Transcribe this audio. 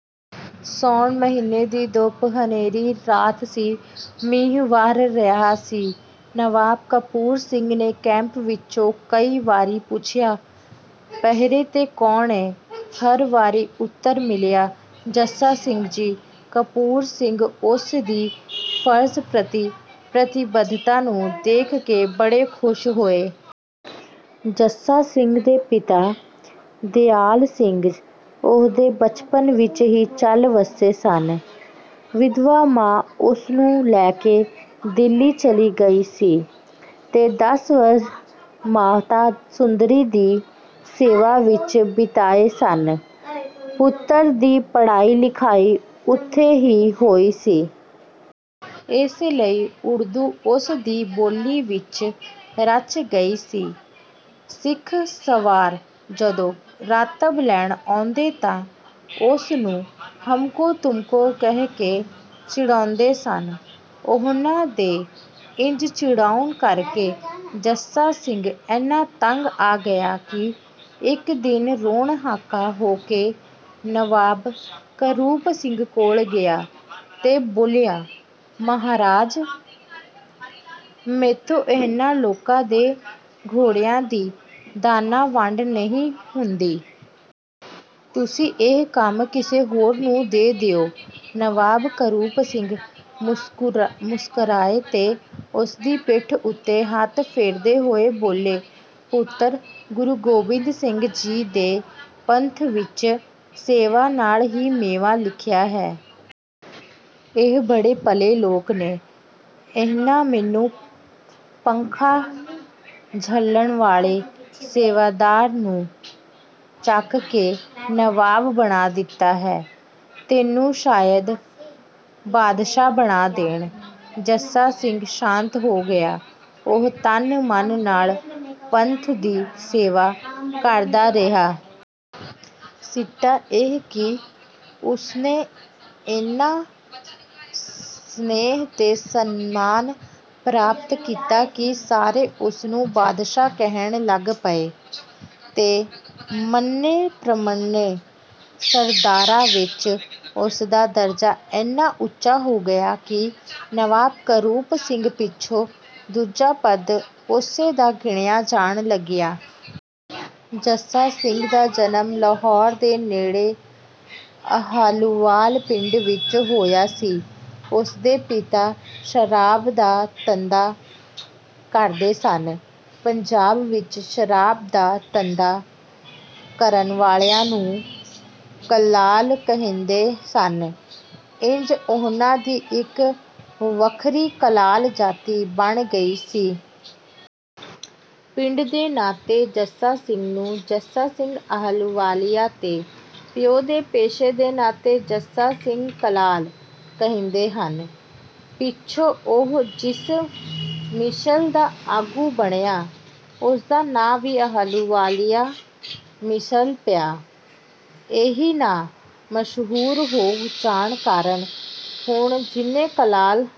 ਸੌਣ ਮਹੀਨੇ ਦੀ ਘੁੱਪ ਹਨੇਰੀ ਰਾਤ ਸੀ। ਮੀਂਹ ਵਰ੍ਹ ਰਿਹਾ ਸੀ। ਨਵਾਬ ਕਪੂਰ ਸਿੰਘ ਨੇ ਕੈਂਪ ਵਿੱਚੋਂ ਕਈ ਵਾਰੀ ਪੁੱਛਿਆ, "ਪਹਿਰੇ 'ਤੇ ਕੌਣ ਏ?" ਹਰ ਵਾਰੀ ਉਤਰ ਮਿਲਿਆ, "ਜੱਸਾ ਸਿੰਘ ਜੀ।" ਕਪੂਰ ਸਿੰਘ ਉਸ ਦੀ ਫਰਜ਼ ਪ੍ਰਤੀ ਪ੍ਰਤੀਬੱਧਤਾ ਨੂੰ ਦੇਖ ਕੇ ਬੜੇ ਖੁਸ਼ ਹੋਏ। ਜੱਸਾ ਸਿੰਘ ਦੇ ਪਿਤਾ ਦਿਆਲ ਸਿੰਘ ਉਹਦੇ ਬਚਪਨ ਵਿੱਚ ਹੀ ਚੱਲ ਵੱਸੇ ਸਨ। ਵਿਧਵਾ ਮਾਂ ਉਸਨੂੰ ਲੈ ਕੇ ਦਿੱਲੀ ਚਲੀ ਗਈ ਸੀ ਤੇ ਦਸ ਵਰ੍ਹੇ ਮਾਤਾ ਸੁੰਦਰੀ ਦੀ ਸੇਵਾ ਵਿੱਚ ਬਿਤਾਏ ਸਨ। ਪੁੱਤਰ ਦੀ ਪੜ੍ਹਾਈ ਲਿਖਾਈ ਉੱਥੇ ਹੀ ਹੋਈ ਸੀ। ਇਸ ਲਈ ਉਰਦੂ ਉਸ ਦੀ ਬੋਲੀ ਵਿੱਚ ਰਚ ਗਈ ਸੀ। ਸਿੱਖ ਸਵਾਰ ਜਦੋਂ ਰਾਤਬ ਲੈਣ ਆਉਂਦੇ ਤਾਂ ਉਸ ਨੂੰ 'ਹਮਕੋ-ਤੁਮਕੋ' ਕਹਿ ਕੇ ਚਿੜਾਉਂਦੇ ਸਨ। ਉਹਨਾਂ ਦੇ ਇੰਜ ਚਿੜਾਉਣ ਕਰਕੇ ਜੱਸਾ ਸਿੰਘ ਏਨਾ ਤੰਗ ਆ ਗਿਆ ਕਿ ਇੱਕ ਦਿਨ ਰੋਣ ਹਾਕਾ ਹੋ ਕੇ ਨਵਾਬ ਕਪੂਰ ਸਿੰਘ ਕੋਲ ਗਿਆ ਤੇ ਬੋਲਿਆ, "ਮਹਾਰਾਜ ਮੈਥੋਂ ਇਹਨਾਂ ਲੋਕਾਂ ਦੇ ਘੋੜਿਆਂ ਦੀ ਦਾਨਾ ਵੰਡ ਨਹੀਂ ਹੁੰਦੀ। ਤੁਸੀਂ ਇਹ ਕੰਮ ਕਿਸੇ ਹੋਰ ਨੂੰ ਦੇ ਦਿਓ।" ਨਵਾਬ ਕਪੂਰ ਸਿੰਘ ਮੁਸਕਰਾਏ ਤੇ ਉਸਦੀ ਪਿੱਠ ਉੱਤੇ ਹੱਥ ਫੇਰਦੇ ਹੋਏ ਬੋਲੇ, "ਪੁੱਤਰ ਗੁਰੂ ਗੋਬਿੰਦ ਸਿੰਘ ਜੀ ਦੇ ਪੰਥ ਵਿੱਚ ਸੇਵਾ ਨਾਲ ਹੀ ਮੇਵਾ ਮਿਲਦਾ ਹੈ। ਇਹ ਬੜੇ ਭਲੇ ਲੋਕ ਨੇ। ਇਹਨਾਂ ਮੈਨੂੰ ਪੱਖਾਂ ਝੱਲਣ ਵਾਲੇ ਸੇਵਾਦਾਰ ਨੂੰ ਚੁੱਕ ਕੇ ਨਵਾਬ ਬਣਾ ਦਿੱਤਾ ਹੈ, ਤੈਨੂੰ ਸ਼ਾਇਦ ਬਾਦਸ਼ਾਹ ਬਣਾ ਦੇਣ।" ਜੱਸਾ ਸਿੰਘ ਸ਼ਾਂਤ ਹੋ ਗਿਆ। ਉਹ ਤਨ-ਮਨ ਨਾਲ ਪੰਥ ਦੀ ਸੇਵਾ ਕਰਦਾ ਰਿਹਾ। ਸਿੱਟਾ ਇਹ ਕਿ ਉਸਨੇ ਏਨਾ ਸਨੇਹ ਤੇ ਸਨਮਾਨ ਪ੍ਰਾਪਤ ਕੀਤਾ ਕਿ ਸਾਰੇ ਉਸਨੂੰ 'ਬਾਦਸ਼ਾਹ' ਕਹਿਣ ਲੱਗ ਪਏ ਤੇ ਮੰਨੇ-ਪ੍ਰਮੰਨੇ ਸਰਦਾਰਾਂ ਵਿੱਚ ਉਸਦਾ ਦਰਜਾ ਏਨਾ ਉੱਚਾ ਹੋ ਗਿਆ ਕਿ ਨਵਾਬ ਕਪੂਰ ਸਿੰਘ ਪਿੱਛੋਂ ਦੂਜਾ ਪਦ ਉਸੇ ਦਾ ਗਿਣਿਆਂ ਜਾਣ ਲੱਗਿਆ। ਜੱਸਾ ਸਿੰਘ ਦਾ ਜਨਮ ਲਾਹੌਰ ਦੇ ਨੇੜੇ ਆਹਲੂਵਾਲ ਪਿੰਡ ਵਿੱਚ ਹੋਇਆ ਸੀ। ਉਸਦੇ ਪਿਤਾ ਸ਼ਰਾਬ ਦਾ ਧੰਦਾ ਕਰਦੇ ਸਨ। ਪੰਜਾਬ ਵਿੱਚ ਸ਼ਰਾਬ ਦਾ ਧੰਦਾ ਕਰਨ ਵਾਲਿਆਂ ਨੂੰ 'ਕਲਾਲ' ਕਹਿੰਦੇ ਸਨ। ਇੰਜ ਉਹਨਾਂ ਦੀ ਇੱਕ ਵੱਖਰੀ ਕਲਾਲ ਜਾਤੀ ਬਣ ਗਈ ਸੀ। ਪਿੰਡ ਦੇ ਨਾਤੇ ਜੱਸਾ ਸਿੰਘ ਨੂੰ 'ਜੱਸਾ ਸਿੰਘ ਆਹਲੂਵਾਲੀਆ' ਤੇ ਪਿਓ ਦੇ ਪੇਸ਼ੇ ਦੇ ਨਾਤੇ 'ਜੱਸਾ ਸਿੰਘ ਕਲਾਲ' ਕਹਿੰਦੇ ਹਨ। ਪਿੱਛੋਂ ਉਹ ਜਿਸ ਮਿਸਲ ਦਾ ਆਗੂ ਬਣਿਆ, ਉਸਦਾ ਨਾਂ ਵੀ 'ਆਹਲੂਵਾਲੀਆ ਮਿਸਲ' ਪਿਆ। ਇਹੀ ਨਾਂ ਮਸ਼ਹੂਰ ਹੋ ਜਾਣ ਕਾਰਨ ਹੁਣ ਜਿੰਨੇ ਕਲਾਲ